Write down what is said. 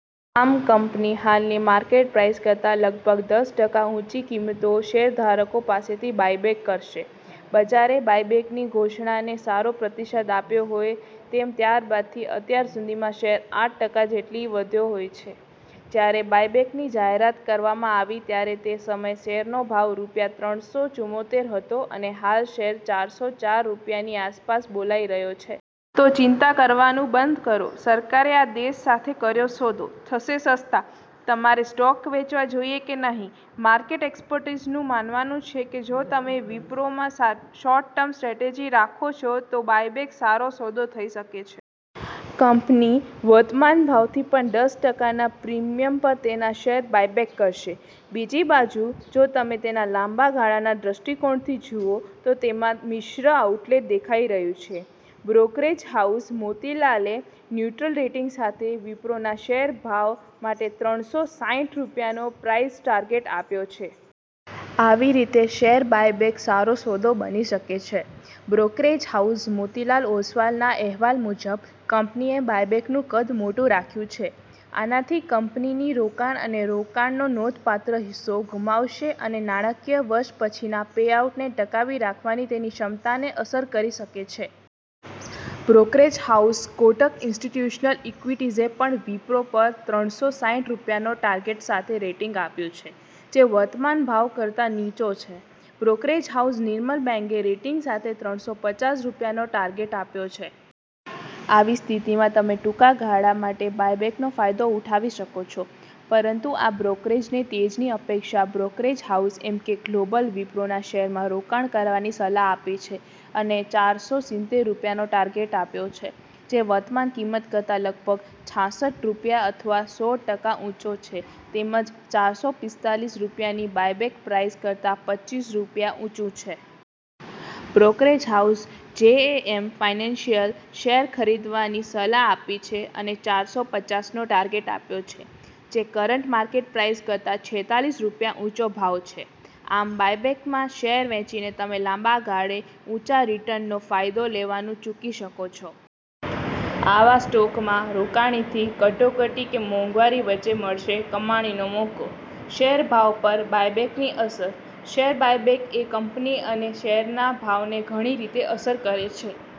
આમ કંપની હાલની market price કરતા લગભગ દસ ટકા ઉંચી કિંમતો શેરધારકો પાસેથી બાયબેક કરશે. બજારે બાયબેકની ઘોષણાને સારો પ્રતિસાદ આપ્યો હોય તેમ ત્યારબાદથી અત્યાર સુધીંમાં શેર આઠ ટકા જેટલો વધ્યો છે. જ્યારે બાયબેકની જાહેરાત કરવામાં આવી ત્યારે તે સમયે શેરનો ભાવ રૂપિયા ત્રણસો ચુમોતેર હતો અને હાલ શેર ચારસો ચાર રૂપિયાની આસપાસ બોલાઇ રહ્યો છે. તો ચિંતા કરવાનું બંધ કરો, સરકારે આ દેશ સાથે કર્યો સોદો, થશે સસ્તા! તમારે સ્ટોક વેચવા જોઈએ કે નહીં, માર્કેટ એક્સપર્ટ્સનું માનવું છે કે જો તમે વિપ્રોમાં શોર્ટ ટર્મ સ્ટ્રેટેજી રાખો છો તો બાયબેક સારો સોદો થઈ શકે છે. કંપની વર્તમાન ભાવથી પણ દસ ટકાના પ્રીમિયમ પર તેના શેર બાયબેક કરશે. બીજી બાજુ, જો તમે તેને લાંબા ગાળાના દ્રષ્ટિકોણથી જુઓ, તો તેમાં મિશ્ર આઉટલૂક દેખાઇ રહ્યું છે. બ્રોકરેજ હાઉસ મોતીલાલે ન્યુ્ટ્રલ રેટિંગ સાથે વિપ્રોના શેર ભાવ માટે ત્રણસો સાઈઠ રૂપિયાનો પ્રાઇસ ટાર્ગેટ આપ્યો છે. આવી રીતે શેર બાયબેક સારો સોદો બની શકે છે. બ્રોકરેજ હાઉસ મોતીલાલ ઓસવાલના અહેવાલ મુજબ, કંપનીએ બાયબેકનું કદ મોટું રાખ્યું છે. આનાથી કંપની રોકડ અને રોકાણનો નોંધપાત્ર હિસ્સો ગુમાવશે અને નાણાંકીય વર્ષ પછીના પેઆઉટને ટકાવી રાખવાની તેની ક્ષમતાને અસર કરી શકે છે. બ્રોકરેજ હાઉસ કોટક ઇન્સ્ટિટ્યૂશનલ ઇક્વિટીઝે પણ વિપ્રો પર ત્રણસો સાઈઠ રૂપિયાના ટાર્ગેટ સાથે રેટિંગ આપ્યુ છે, જે વર્તમાન ભાવ કરતાં નીચો છે. બ્રોકરેજ હાઉસ નિર્મલ બેંગે રેટિંગ સાથે ત્રણસો પચાસ રૂપિયાનો ટાર્ગેટ આપ્યો છે. આવી સ્થિતિમાં તમે ટૂંકા ગાળા માટે બાયબેકનો ફાયદો ઉઠાવી શકો છો. પરંતુ આ બ્રોકરેજને તેજીની અપેક્ષા બ્રોકરેજ હાઉસ એમકે ગ્લોબલે વિપ્રોના શેરમાં રોકાણ કરવાની સલાહ આપી છે અને ચારસો સિત્તેર રૂપિયાનો ટાર્ગેટ આપ્યો છે, જે વર્તમાન કિંમત કરતાં લગભગ છાસઠ રૂપિયા અથવા સોળ ટકા ઉંચો છે તેમજ ચારસો પિસ્તાલીસ રૂપિયાની બાયબેક પ્રાઇસ કરતાં પચ્ચીસ રૂપિયા ઉંચુ છે. બ્રોકરેજ હાઉસ જેએમ ફાઇનાન્શિયલએ શેર ખરીદવાની સલાહ આપી છે અને ચારસો પચાસનો ટાર્ગેટ આપ્યો છે, જે કરન્ટ માર્કેટ પ્રાઇસ કરતા છેતાલીસ રૂપિયા ઉંચો ભાવ છે. આમ બાયબેકમાં શેર વેચીને તમે લાંબા ગાળે ઊંચા રિટર્નનો ફાયદો લેવાનું ચૂકી શકો છો. આવા સ્ટોકમાં રોકાણથી કટોકટી કે મોંઘવારી વચ્ચે મળશે કમાણીનો મોકો. શેર ભાવ પર બાયબેકની અસર, શેર બાયબેક એ કંપની અને શેરના ભાવને ઘણી રીતે અસર કરે છે.